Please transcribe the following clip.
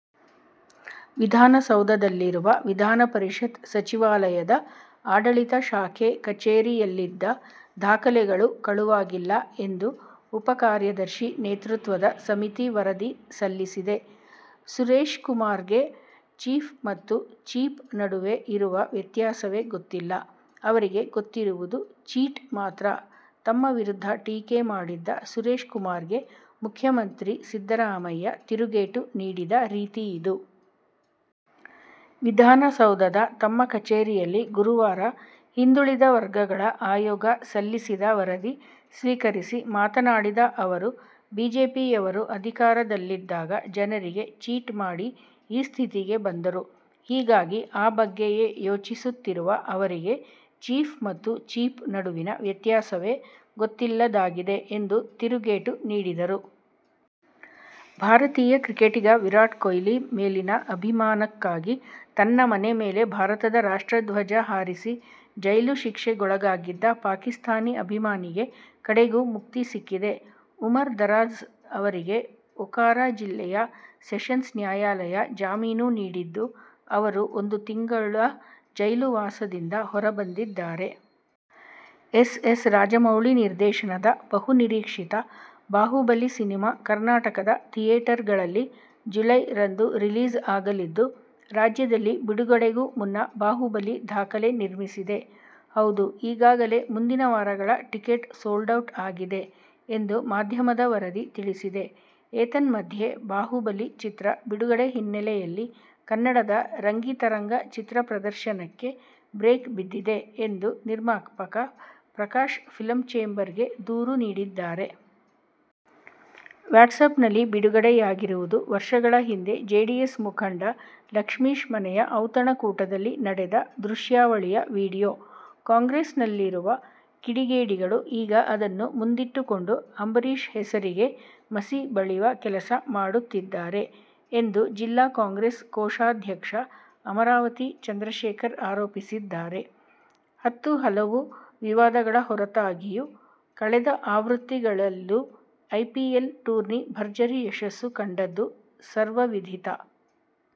ವಿಧಾನಸೌಧದಲ್ಲಿರುವ ವಿಧಾನಪರಿಷತ್ ಸಚಿವಾಲಯದ ಆಡಳಿತ ಶಾಖೆ ಕಚೇರಿಯಲ್ಲಿದ್ದ ದಾಖಲೆಗಳು ಕಳುವಾಗಿಲ್ಲ ಎಂದು ಉಪ ಕಾರ್ಯದರ್ಶಿ ನೇತೃತ್ವದ ಸಮಿತಿ ವರದಿ ಸಲ್ಲಿಸಿದೆ. ಸುರೇಶ್ಕುಮಾರ್ಗೆ "ಚೀಫ್' ಮತ್ತು "ಚೀಪ್' ನಡುವೆ ಇರುವ ವ್ಯತ್ಯಾಸವೇ ಗೊತ್ತಿಲ್ಲ. ಅವರಿಗೆ ಗೊತ್ತಿರುವುದು "ಚೀಟ್' ಮಾತ್ರ. ತಮ್ಮ ವಿರುದ್ಧ ಟೀಕೆ ಮಾಡಿದ್ದ ಸುರೇಶ್ಕುಮಾರ್ಗೆ ಮುಖ್ಯಮಂತ್ರಿ ಸಿದ್ದರಾಮಯ್ಯ ತಿರುಗೇಟು ನೀಡಿದ ರೀತಿಯಿದು. ವಿಧಾನಸೌಧದ ತಮ್ಮ ಕಚೇರಿಯಲ್ಲಿ ಗುರುವಾರ ಹಿಂದುಳಿದ ವರ್ಗಗಳ ಆಯೋಗ ಸಲ್ಲಿಸಿದ ವರದಿ ಸ್ವೀಕರಿಸಿ ಮಾತನಾಡಿದ ಅವರು, ಬಿಜೆಪಿಯವರು ಅಧಿಕಾರದಲ್ಲಿದ್ದಾಗ ಜನರಿಗೆ ಚೀಟ್ ಮಾಡಿ ಈ ಸ್ಥಿತಿಗೆ ಬಂದರು. ಹೀಗಾಗಿ ಆ ಬಗ್ಗೆಯೇ ಯೋಚಿಸುತ್ತಿರುವ ಅವರಿಗೆ ಚೀಫ್ ಮತ್ತು ಚೀಪ್ ನಡುವಿನ ವ್ಯತ್ಯಾಸವೇ ಗೊತ್ತಿಲ್ಲದಾಗಿದೆ ಎಂದು ತಿರುಗೇಟು ನೀಡಿದರು. ಭಾರತೀಯ ಕ್ರಿಕೆಟಿಗ ವಿರಾಟ್ ಕೊಹ್ಲಿ ಮೇಲಿನ ಅಭಿಮಾನಕ್ಕಾಗಿ ತನ್ನ ಮನೆ ಮೇಲೆ ಭಾರತದ ರಾಷ್ಟ್ರಧ್ವಜ ಹಾರಿಸಿ ಜೈಲು ಶಿಕ್ಷೆಗೊಳಗಾಗಿದ್ದ ಪಾಕಿಸ್ಥಾನಿ ಅಭಿಮಾನಿಗೆ ಕಡೆಗೂ ಮುಕ್ತಿ ಸಿಕ್ಕಿದೆ. ಉಮರ್ ದರಾಜ್ ಅವರಿಗೆ ಒಕಾರಾ ಜಿಲ್ಲೆಯ ಸೆಷನ್ಸ್ ನ್ಯಾಯಾಲಯ ಜಾಮೀನು ನೀಡಿದ್ದು, ಅವರು ಒಂದು ತಿಂಗಳ ಜೈಲುವಾಸದಿಂದ ಹೊರಬಂದಿದ್ದಾರೆ. ಎಸ್. ಎಸ್. ರಾಜಮೌಳಿ ನಿರ್ದೇಶನದ ಬಹುನಿರೀಕ್ಷಿತ ಬಾಹುಬಲಿ ಸಿನಿಮಾ ಕರ್ನಾಟಕದ ಥಿಯೇಟರ್ ಗಳಲ್ಲಿ ಜುಲೈ ರಂದು ರಿಲೀಸ್ ಆಗಲಿದ್ದು, ರಾಜ್ಯದಲ್ಲಿ ಬಿಡುಗಡೆಗೂ ಮುನ್ನ ಬಾಹುಬಲಿ ದಾಖಲೆ ನಿರ್ಮಿಸಿದೆ. ಹೌದು ಈಗಾಗಲೇ ಮುಂದಿನ ವಾರಗಳ ಟಿಕೆಟ್ ಸೋಲ್ಡ್ ಔಟ್ ಆಗಿದೆ ಎಂದು ಮಾಧ್ಯಮದ ವರದಿ ತಿಳಿಸಿದೆ. ಏತನ್ಮಧ್ಯೆ ಬಾಹುಬಲಿ ಚಿತ್ರ ಬಿಡುಗಡೆ ಹಿನ್ನೆಲೆಯಲ್ಲಿ ಕನ್ನಡದ ರಂಗಿತರಂಗ ಚಿತ್ರ ಪ್ರದರ್ಶನಕ್ಕೆ ಬ್ರೇಕ್ ಬಿದ್ದಿದೆ ಎಂದು ನಿರ್ಮಾಪಕ ಪ್ರಕಾಶ್ ಫಿಲಂ ಚೇಂಬರ್ ಗೆ ದೂರು ನೀಡಿದ್ದಾರೆ. ವಾಟ್ಸಪ್ನಲ್ಲಿ ಬಿಡುಗಡೆಯಾಗಿರುವುದು ವರ್ಷಗಳ ಹಿಂದೆ ಜೆಡಿಎಸ್ ಮುಖಂಡ ಲಕ್ಷ್ಮೀಶ್ ಮನೆಯ ಔತಣ ಕೂಟದಲ್ಲಿ ನಡೆದ ದೃಶ್ಯಾವಳಿಯ ವಿಡಿಯೋ. ಕಾಂಗ್ರೆಸ್ನಲ್ಲಿರುವ ಕಿಡಿಗೇಡಿಗಳು ಈಗ ಅದನ್ನು ಮುಂದಿಟ್ಟುಕೊಂಡು ಅಂಬರೀಶ್ ಹೆಸರಿಗೆ ಮಸಿ ಬಳಿವ ಕೆಲಸ ಮಾಡುತ್ತಿದ್ದಾರೆ ಎಂದು ಜಿಲ್ಲಾ ಕಾಂಗ್ರೆಸ್ ಕೋಶಾಧ್ಯಕ್ಷ ಅಮರಾವತಿ ಚಂದ್ರಶೇಖರ್ ಆರೋಪಿಸಿದ್ದಾರೆ. ಹತ್ತು ಹಲವು ವಿವಾದಗಳ ಹೊರತಾಗಿಯೂ ಕಳೆದ ಆವೃತ್ತಿಗಳಲ್ಲೂ ಐಪಿಎಲ್ ಟೂರ್ನಿ ಭರ್ಜರಿ ಯಶಸ್ಸು ಕಂಡದ್ದು ಸರ್ವವಿಧಿತ.